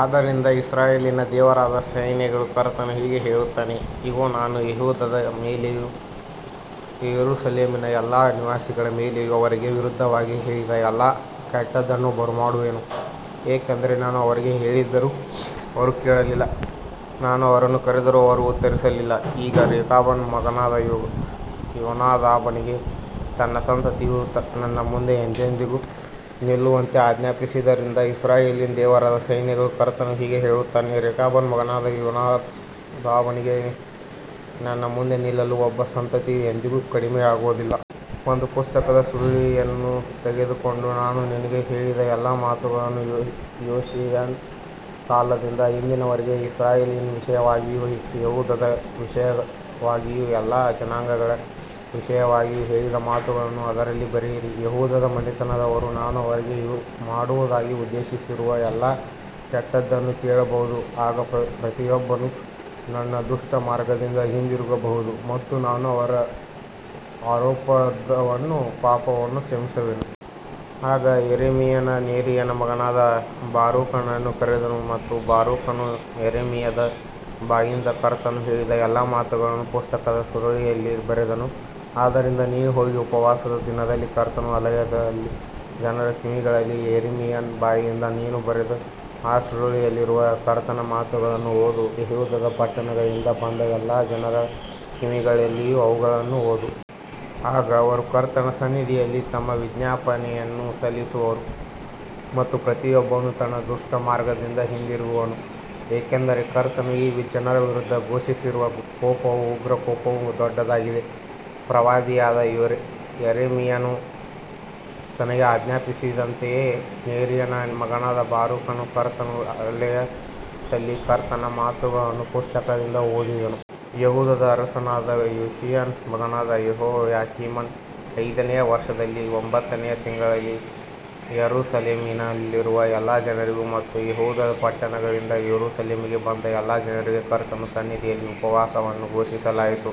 ಆದ್ದರಿಂದ ಇಸ್ರಾಯೇಲಿನ ದೇವರಾದ ಸೈನ್ಯಗಳ ಕರ್ತನು ಹೀಗೆ ಹೇಳುತ್ತಾನೆ, ಇಗೋ, ನಾನು ಯೆಹೂದದ ಮೇಲೆಯೂ ಯೆರೂಸಲೇಮಿನ ಎಲ್ಲಾ ನಿವಾಸಿಗಳ ಮೇಲೆಯೂ ಅವರಿಗೆ ವಿರುದ್ಧವಾಗಿ ಹೇಳಿದ ಎಲ್ಲಾ ಕೆಟ್ಟದ್ದನ್ನು ಬರಮಾಡುವೆನು, ಏಕೆಂದರೆ ನಾನು ಅವರಿಗೆ ಹೇಳಿದ್ದರೂ ಅವರು ಕೇಳಲಿಲ್ಲ, ನಾನು ಅವರನ್ನು ಕರೆದರೂ ಅವರು ಉತ್ತರಿಸಲಿಲ್ಲ. ಆಗ ರೇಕಾಬನ ಮಗನಾದ ಯೋನಾದಾಬನಿಗೆ ತನ್ನ ಸಂತತಿಯು ನನ್ನ ಮುಂದೆ ಎಂದೆಂದಿಗೂ ನಿಲ್ಲುವಂತೆ ಆಜ್ಞಾಪಿಸಿದ್ದರಿಂದ, ಇಸ್ರಾಯೇಲಿನ ದೇವರಾದ ಸೈನ್ಯಗಳ ಕರ್ತನು ಹೀಗೆ ಹೇಳುತ್ತಾನೆ, ರೇಕಾಬನ ಮಗನಾದ ಯೋನಾದಾಬನಿಗೆ ನನ್ನ ಮುಂದೆ ನಿಲ್ಲಲು ಒಬ್ಬ ಸಂತತಿಯು ಎಂದಿಗೂ ಕಡಿಮೆಯಾಗುವುದಿಲ್ಲ. ಒಂದು ಪುಸ್ತಕದ ಸುರುಳಿಯನ್ನು ತೆಗೆದುಕೊಂಡು, ನಾನು ನಿನಗೆ ಹೇಳಿದ ಎಲ್ಲಾ ಮಾತುಗಳನ್ನು, ಯೋಷೀಯನ ಕಾಲದಿಂದ ಇಂದಿನವರೆಗೂ ಇಸ್ರಾಯೇಲಿನ ವಿಷಯವಾಗಿಯೂ ಯೆಹೂದದ ವಿಷಯವಾಗಿಯೂ ಎಲ್ಲಾ ಜನಾಂಗಗಳ ವಿಷಯವಾಗಿಯೂ ಹೇಳಿದ ಮಾತುಗಳನ್ನು ಅದರಲ್ಲಿ ಬರೆಯಿರಿ. ಯೆಹೂದದ ಮನೆತನದವರು ನಾನು ಅವರಿಗೆ ಮಾಡುವುದಾಗಿ ಉದ್ದೇಶಿಸಿರುವ ಎಲ್ಲಾ ಕೆಟ್ಟದ್ದನ್ನು ಕೇಳಬಹುದು, ಆಗ ಪ್ರತಿಯೊಬ್ಬನು ತನ್ನ ದುಷ್ಟಮಾರ್ಗದಿಂದ ಹಿಂದಿರುಗಬಹುದು ಮತ್ತು ನಾನು ಅವರ ಅಪರಾಧವನ್ನೂ ಪಾಪವನ್ನೂ ಕ್ಷಮಿಸುವೆನು. ಆಗ ಯೆರೆಮೀಯನು ನೆರೀಯನ ಮಗನಾದ ಬಾರೂಕನನ್ನು ಕರೆದನು, ಮತ್ತು ಬಾರೂಕನು ಯೆರೆಮೀಯನ ಬಾಯಿಂದ ಕರ್ತನು ಹೇಳಿದ ಎಲ್ಲಾ ಮಾತುಗಳನ್ನು ಪುಸ್ತಕದ ಸುರುಳಿಯಲ್ಲಿ ಬರೆದನು. ಆದ್ದರಿಂದ ನೀನು ಹೋಗಿ ಉಪವಾಸದ ದಿನದಲ್ಲಿ ಕರ್ತನ ಆಲಯದಲ್ಲಿ ಜನರ ಕಿವಿಗಳಲ್ಲಿ, ಯೆರೆಮೀಯನ ಬಾಯಿಂದ ನೀನು ಬರೆದ ಈ ಸುರುಳಿಯಲ್ಲಿರುವ ಕರ್ತನ ಮಾತುಗಳನ್ನು ಓದು, ಯೆಹೂದದ ಪಟ್ಟಣಗಳಿಂದ ಬಂದ ಎಲ್ಲಾ ಜನರ ಕಿವಿಗಳಲ್ಲಿಯೂ ಅವುಗಳನ್ನು ಓದು. ಆಗ ಅವರು ಕರ್ತನ ಸನ್ನಿಧಿಯಲ್ಲಿ ತಮ್ಮ ವಿಜ್ಞಾಪನೆಯನ್ನು ಸಲ್ಲಿಸುವರು ಮತ್ತು ಪ್ರತಿಯೊಬ್ಬನು ತನ್ನ ದುಷ್ಟಮಾರ್ಗದಿಂದ ಹಿಂದಿರುಗುವನು, ಏಕೆಂದರೆ ಕರ್ತನು ಈ ಜನರ ವಿರುದ್ಧ ಘೋಷಿಸಿರುವ ಕೋಪವೂ ಉಗ್ರಕೋಪವೂ ದೊಡ್ಡದಾಗಿದೆ. ಪ್ರವಾದಿಯಾದ ಯೆರೆಮೀಯನು ತನಗೆ ಆಜ್ಞಾಪಿಸಿದಂತೆಯೇ ನೆರೀಯನ ಮಗನಾದ ಬಾರೂಕನು ಕರ್ತನ ಆಲಯದಲ್ಲಿ ಕರ್ತನ ಮಾತುಗಳನ್ನು ಪುಸ್ತಕದಿಂದ ಓದಿದನು. ಯೆಹೂದದ ಅರಸನಾದ ಯೋಷೀಯನ ಮಗನಾದ ಯೆಹೋಯಾಕೀಮನ ಐದನೆಯ ವರ್ಷದಲ್ಲಿ ಒಂಬತ್ತನೆಯ ತಿಂಗಳಲ್ಲಿ, ಯೆರೂಸಲೇಮಿನಲ್ಲಿರುವ ಎಲ್ಲಾ ಜನರಿಗೂ ಮತ್ತು ಯೆಹೂದದ ಪಟ್ಟಣಗಳಿಂದ ಯೆರೂಸಲೇಮಿಗೆ ಬಂದ ಎಲ್ಲಾ ಜನರಿಗೂ ಕರ್ತನ ಸನ್ನಿಧಿಯಲ್ಲಿ ಉಪವಾಸವನ್ನು ಘೋಷಿಸಲಾಯಿತು.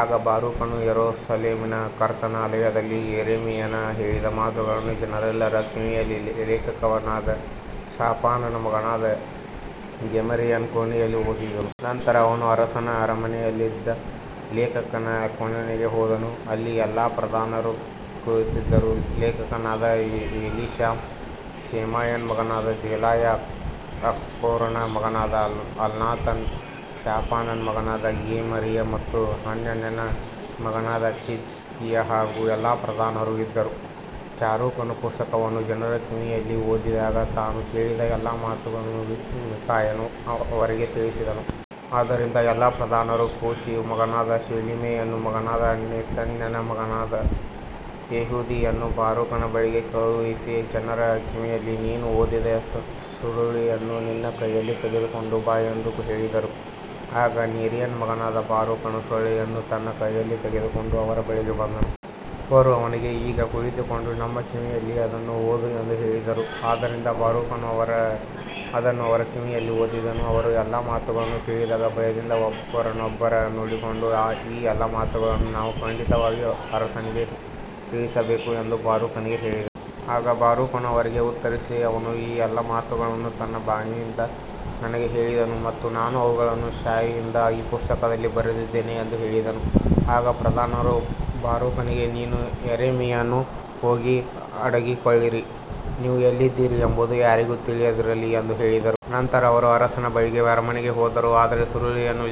ಆಗ ಬಾರೂಕನು ಯೆರೂಸಲೇಮಿನ ಕರ್ತನ ಆಲಯದಲ್ಲಿ, ಯೆರೆಮೀಯನು ಹೇಳಿದ ಮಾತುಗಳನ್ನು ಜನರೆಲ್ಲರ ಕಿವಿಯಲ್ಲಿ, ಲೇಖಕನಾದ ಶಾಫಾನನ ಮಗನಾದ ಗೆಮರೀಯನ ಕೋಣೆಯಲ್ಲಿ ಓದಿದನು. ನಂತರ ಅವನು ಅರಸನ ಅರಮನೆಯಲ್ಲಿದ್ದ ಲೇಖಕನ ಕೋಣೆಗೆ ಹೋದನು, ಅಲ್ಲಿ ಎಲ್ಲಾ ಪ್ರಧಾನರು ಕುಳಿತಿದ್ದರು, ಲೇಖಕನಾದ ಎಲೀಷಾಮ, ಶೆಮಾಯನ ಮಗನಾದ ದೆಲಾಯ, ಅಕ್ಬೋರನ ಮಗನಾದ ಎಲ್ನಾಥನ್, ಶಾಫಾನನ ಮಗನಾದ ಗೆಮರೀಯ ಮತ್ತು ಹನನ್ಯನ ಮಗನಾದ ಚಿದ್ಕೀಯ ಹಾಗೂ ಎಲ್ಲಾ ಪ್ರಧಾನರು ಇದ್ದರು. ಬಾರೂಕನು ಪುಸ್ತಕವನ್ನು ಜನರ ಕಿವಿಯಲ್ಲಿ ಓದಿದಾಗ ತಾನು ಕೇಳಿದ ಎಲ್ಲಾ ಮಾತುಗಳನ್ನು ಮಿಕಾಯನು ಅವರಿಗೆ ತಿಳಿಸಿದನು. ಆದ್ದರಿಂದ ಎಲ್ಲಾ ಪ್ರಧಾನರು ಕೂಶಿಯ ಮಗನಾದ ಶೆಲೆಮೀಯನ ಮಗನಾದ ನೆತನ್ಯನ ಮಗನಾದ ಯೆಹೂದಿಯನ್ನು ಬಾರೂಕನ ಬಳಿಗೆ ಕಳುಹಿಸಿ, ಜನರ ಕಿವಿಯಲ್ಲಿ ನೀನು ಓದಿದ ಸುರುಳಿಯನ್ನು ನಿನ್ನ ಕೈಯಲ್ಲಿ ತೆಗೆದುಕೊಂಡು ಬಾ ಎಂದು ಹೇಳಿದರು. ಆಗ ನೆರೀಯನ ಮಗನಾದ ಬಾರೂಕನು ಸುರುಳಿಯನ್ನು ತನ್ನ ಕೈಯಲ್ಲಿ ತೆಗೆದುಕೊಂಡು ಅವರ ಬಳಿಗೆ ಬಂದನು. ಅವರು ಅವನಿಗೆ, ಈಗ ಕುಳಿತುಕೊಂಡು ನಮ್ಮ ಕಿವಿಯಲ್ಲಿ ಅದನ್ನು ಓದು ಎಂದು ಹೇಳಿದರು. ಆದ್ದರಿಂದ ಬಾರೂಕನು ಅದನ್ನು ಅವರ ಕಿವಿಯಲ್ಲಿ ಓದಿದನು. ಅವರು ಎಲ್ಲಾ ಮಾತುಗಳನ್ನು ಕೇಳಿದಾಗ ಭಯದಿಂದ ಒಬ್ಬರನ್ನೊಬ್ಬರು ನೋಡಿಕೊಂಡು, ಈ ಎಲ್ಲಾ ಮಾತುಗಳನ್ನು ನಾವು ಖಂಡಿತವಾಗಿಯೂ ಅರಸನಿಗೆ ತಿಳಿಸಬೇಕು ಎಂದು ಬಾರೂಕನಿಗೆ ಹೇಳಿದರು. ಆಗ ಬಾರೂಕನು ಅವರಿಗೆ ಉತ್ತರಿಸಿ, ಅವನು ಈ ಎಲ್ಲಾ ಮಾತುಗಳನ್ನು ತನ್ನ ಬಾಯಿಂದ ನನಗೆ ಹೇಳಿದನು ಮತ್ತು ನಾನು ಅವುಗಳನ್ನು ಶಾಯಿಯಿಂದ ಈ ಪುಸ್ತಕದಲ್ಲಿ ಬರೆದಿದ್ದೇನೆ ಎಂದು ಹೇಳಿದನು. ಆಗ ಪ್ರಧಾನರು ಬಾರೂಕನಿಗೆ, ನೀನೂ ಯೆರೆಮೀಯನೂ ಹೋಗಿ ಅಡಗಿಕೊಳ್ಳಿರಿ, ನೀವು ಎಲ್ಲಿದ್ದೀರಿ ಎಂಬುದು ಯಾರಿಗೂ ತಿಳಿಯದಿರಲಿ ಎಂದು ಹೇಳಿದರು. ನಂತರ ಅವರು ಅರಸನ ಬಳಿಗೆ ಅರಮನೆಗೆ ಹೋದರು, ಆದರೆ ಸುರುಳಿಯನ್ನು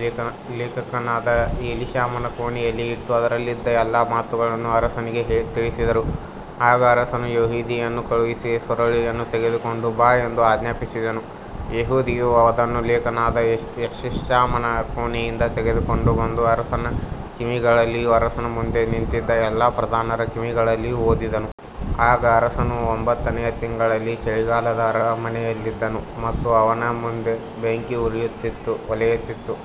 ಲೇಖಕನಾದ ಎಲೀಷಾಮನ ಕೋಣೆಯಲ್ಲಿ ಇಟ್ಟು, ಅದರಲ್ಲಿದ್ದ ಎಲ್ಲಾ ಮಾತುಗಳನ್ನು ಅರಸನಿಗೆ ತಿಳಿಸಿದರು. ಆಗ ಅರಸನು ಯೆಹೂದಿಯನ್ನು ಕಳುಹಿಸಿ, ಸುರುಳಿಯನ್ನು ತೆಗೆದುಕೊಂಡು ಬಾ ಎಂದು ಆಜ್ಞಾಪಿಸಿದನು. ಯೆಹೂದಿಯು ಅದನ್ನು ಲೇಖಕನಾದ ಎಲೀಷಾಮನ ಕೋಣೆಯಿಂದ ತೆಗೆದುಕೊಂಡು ಬಂದು, ಅರಸನ ಕಿವಿಗಳಲ್ಲಿಯೂ ಅರಸನ ಮುಂದೆ ನಿಂತಿದ್ದ ಎಲ್ಲಾ ಪ್ರಧಾನರ ಕಿವಿಗಳಲ್ಲಿಯೂ ಓದಿದನು. ಆಗ ಅರಸನು ಒಂಬತ್ತನೆಯ ತಿಂಗಳಲ್ಲಿ ಚಳಿಗಾಲದ ಅರಮನೆಯಲ್ಲಿದ್ದನು ಮತ್ತು ಅವನ ಮುಂದೆ ಬೆಂಕಿ ಉರಿಯುತ್ತಿದ್ದ ಒಲೆಯಿತ್ತು.